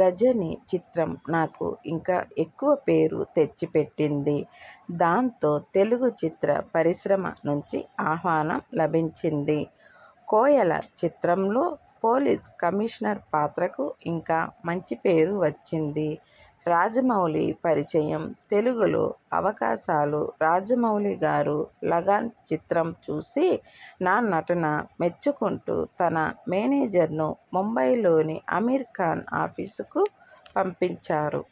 గజని చిత్రం నాకు ఇంకా ఎక్కువ పేరు తెచ్చిపెట్టింది. దాంతో తెలుగు చిత్ర పరిశ్రమ నుంచి ఆహ్వానం లభించింది. కోయల చిత్రంలో పోలీస్ కమీషనర్ పాత్రకు ఇంకా మంచిపేరు వచ్చింది. రాజమౌళి పరిచయం తెలుగులో అవకాశాలురాజమౌళిగారు లగాన్ చిత్రం చూసి నా నటన మెచ్చుకుంటూ తన మేనేజర్ను ముంబయిలోని అమీర్ఖాన్ ఆఫీసుకు పంపించారు.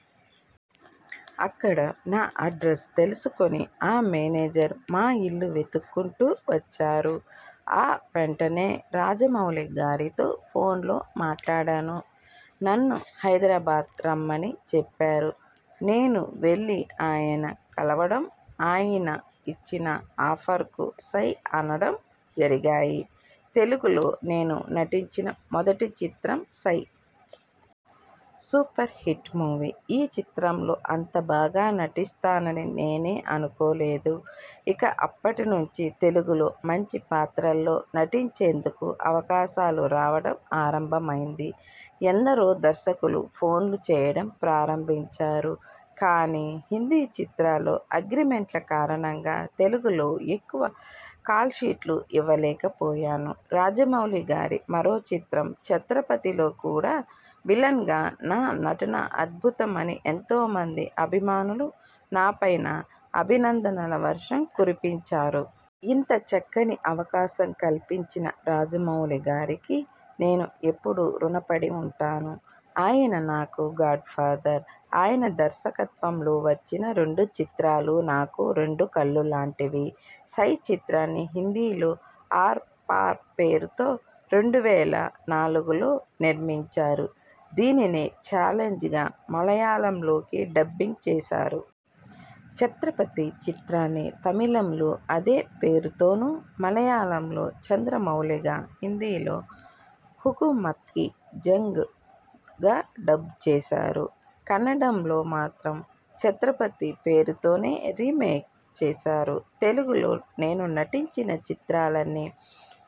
అక్కడ నా అడ్రస్ తెలుసుకుని ఆ మేనేజర్ మా ఇల్లు వెతుక్కుంటూ వచ్చారు. ఆ వెంటనే రాజమౌళిగారితో ఫోన్లో మాట్లాడాను. నన్ను హైదరాబాద్ రమ్మని చెప్పారు. నేను వెళ్లి ఆయన కలవడం, ఆయిన ఇచ్చిన ఆఫర్కు 'సై' అనడం జరిగాయి. తెలుగులో నేను నటించిన మొదటి చిత్రం 'సై'. Superhit movie. ఈ చిత్రంలో అంత బాగా నటిస్తానని నేనే అనుకోలేదు. ఇక అప్పటినుండి తెలుగులో మంచిపాత్రల్లో నటించేందుకు అవకాశాలు రావడం ఆరంభమైంది. ఎందరో దర్శకులు ఫోన్లు చేయడం ప్రారంభించారు. కానీ హిందీ చిత్రాల్లో అగ్రిమెంట్ల కారణంగా తెలుగులో ఎక్కువ కాల్షీట్లు ఇవ్వలేకపోయాను. రాజమౌళిగారి మరో చిత్రం 'ఛత్రపతి'లో కూడా విలన్గా నా నటన అద్భుతం అని ఎంతోమంది అభిమానులు నాపైన అభినందనల వర్షం కురిపించారు. ఇంత చక్కని అవకాశం కల్పించిన రాజమౌళిగారికి నేను ఎప్పుడూ రుణపడి ఉంటాను. ఆయన నాకు గాడ్ఫాదర్. ఆయన దర్శకత్వంలో వచ్చిన రెండు చిత్రాలూ నాకు రెండు కళ్ళులాంటివి. సై చిత్రాన్ని హిందీలో 'ఆర్–పార్' పేరుతోరెండు వేల నాలుగు లో నిర్మించారు. దీనినే 'ఛాలెంజ్' గా మలయాళంలోకి డబ్బింగ్ చేశారు. ఛత్రపతి చిత్రాన్ని తమిళంలో అదే పేరుతోనూ, మలయాళంలో 'చంద్రమౌళి'గా హిందీలో హుకూమత్కి జంగ్ గా డబ్ చేశారు. కన్నడంలో మాత్రం 'ఛత్రపతి' పేరుతోనే రీమేక్ చేశారు. తెలుగులో నేను నటించిన చిత్రాలన్నీ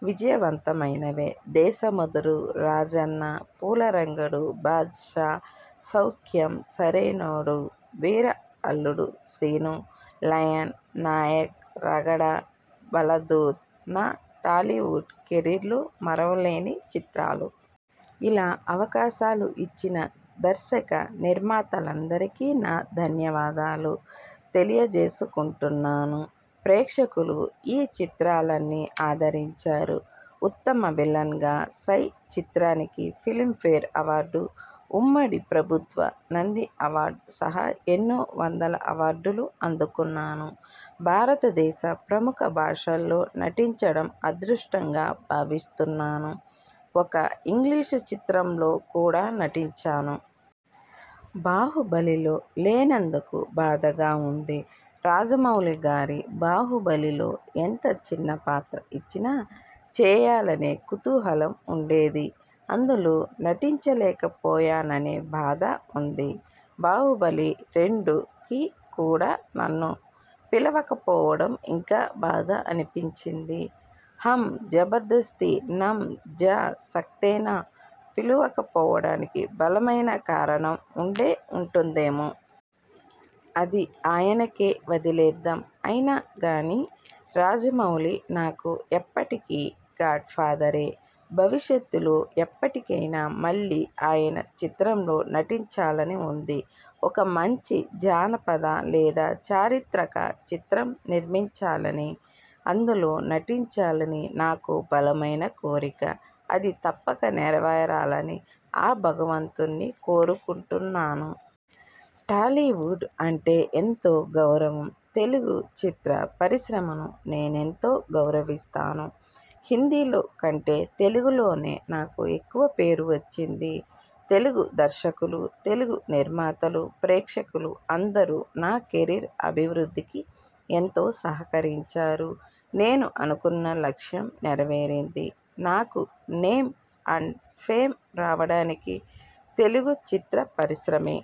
విజయవంతమైనవే. దేశముదురు, రాజన్న, పూలరంగడు, బాద్షా, సౌఖ్యం, సరైనోడు, వీర, అల్లుడుశీను, లయన్, నాయక్, రగడ, బలదూర్ నా టాలీవుడ్ కెరీర్లో మరువలేని చిత్రాలు. ఇలా అవకాశాలు ఇచ్చిన దర్శకనిర్మాతలందరికీ నా ధన్యవాదాలు తెలియజేసుకుంటున్నాను. ప్రేక్షకులు ఈ చిత్రాలన్నీ ఆదరించారు. ఉత్తమ విలన్గా 'సై' చిత్రానికి ఫిలిమ్ఫేర్ అవార్డు, ఉమ్మడి ప్రభుత్వ నంది అవార్డు సహా ఎన్నో వందల అవార్డులు అందుకున్నాను. భారతదేశ ప్రముఖ భాషల్లో నటించడం అదృష్టంగా భావిస్తున్నాను. ఒక ఇంగ్లీషు చిత్రంలో కూడా నటించాను. బాహుబలిలోలేనందుకు బాధగా ఉందిరాజమౌళిగారి బాహుబలి లో ఎంత చిన్న పాత్ర ఇచ్చినా చేయాలనే కుతూహలం ఉండేది. అందులో నటించలేకపోయాననే బాధ ఉంది. బాహుబలి రెండు కి కూడా నన్ను పిలవకపోవడం ఇంకా బాధ అనిపించింది. హమ్ జబర్దస్తీ నయ్ జా సక్తేనా. పిలవకపోవడానికి బలమైన కారణం ఉండే ఉంటుందేమో! అది ఆయనకే వదిలేద్దాం. అయినా గానీ రాజమౌళి నాకు ఎప్పటికీ గాడ్ ఫాదరే. భవిష్యత్తులో ఎప్పటికైనా మళ్ళీ ఆయన చిత్రంలో నటించాలని ఉంది. ఒక మంచి జానపద లేదా చారిత్రక చిత్రం నిర్మించాలనీ, అందులో నటించాలనీ నాకో బలమైన కోరిక. అది తప్పక నెరవేరాలని ఆ భగవంతుణ్ణి కోరుకుంటున్నాను. టాలీవుడ్ అంటే ఎంతో గౌరవంతెలుగు చిత్ర పరిశ్రమను నేనెంతో గౌరవిస్తాను. హిందీలో కంటే తెలుగులోనే నాకు ఎక్కువ పేరు వచ్చింది. తెలుగు దర్శకులు, తెలుగు నిర్మాతలు, ప్రేక్షకులు అందరూ నా కెరీర్ అభివృద్ధికి ఎంతో సహకరించారు. నేను అనుకున్న లక్ష్యం నెరవేరింది. నాకు నేమ్ అండ్ ఫేమ్ రావడానికి తెలుగు చిత్ర పరిశ్రమే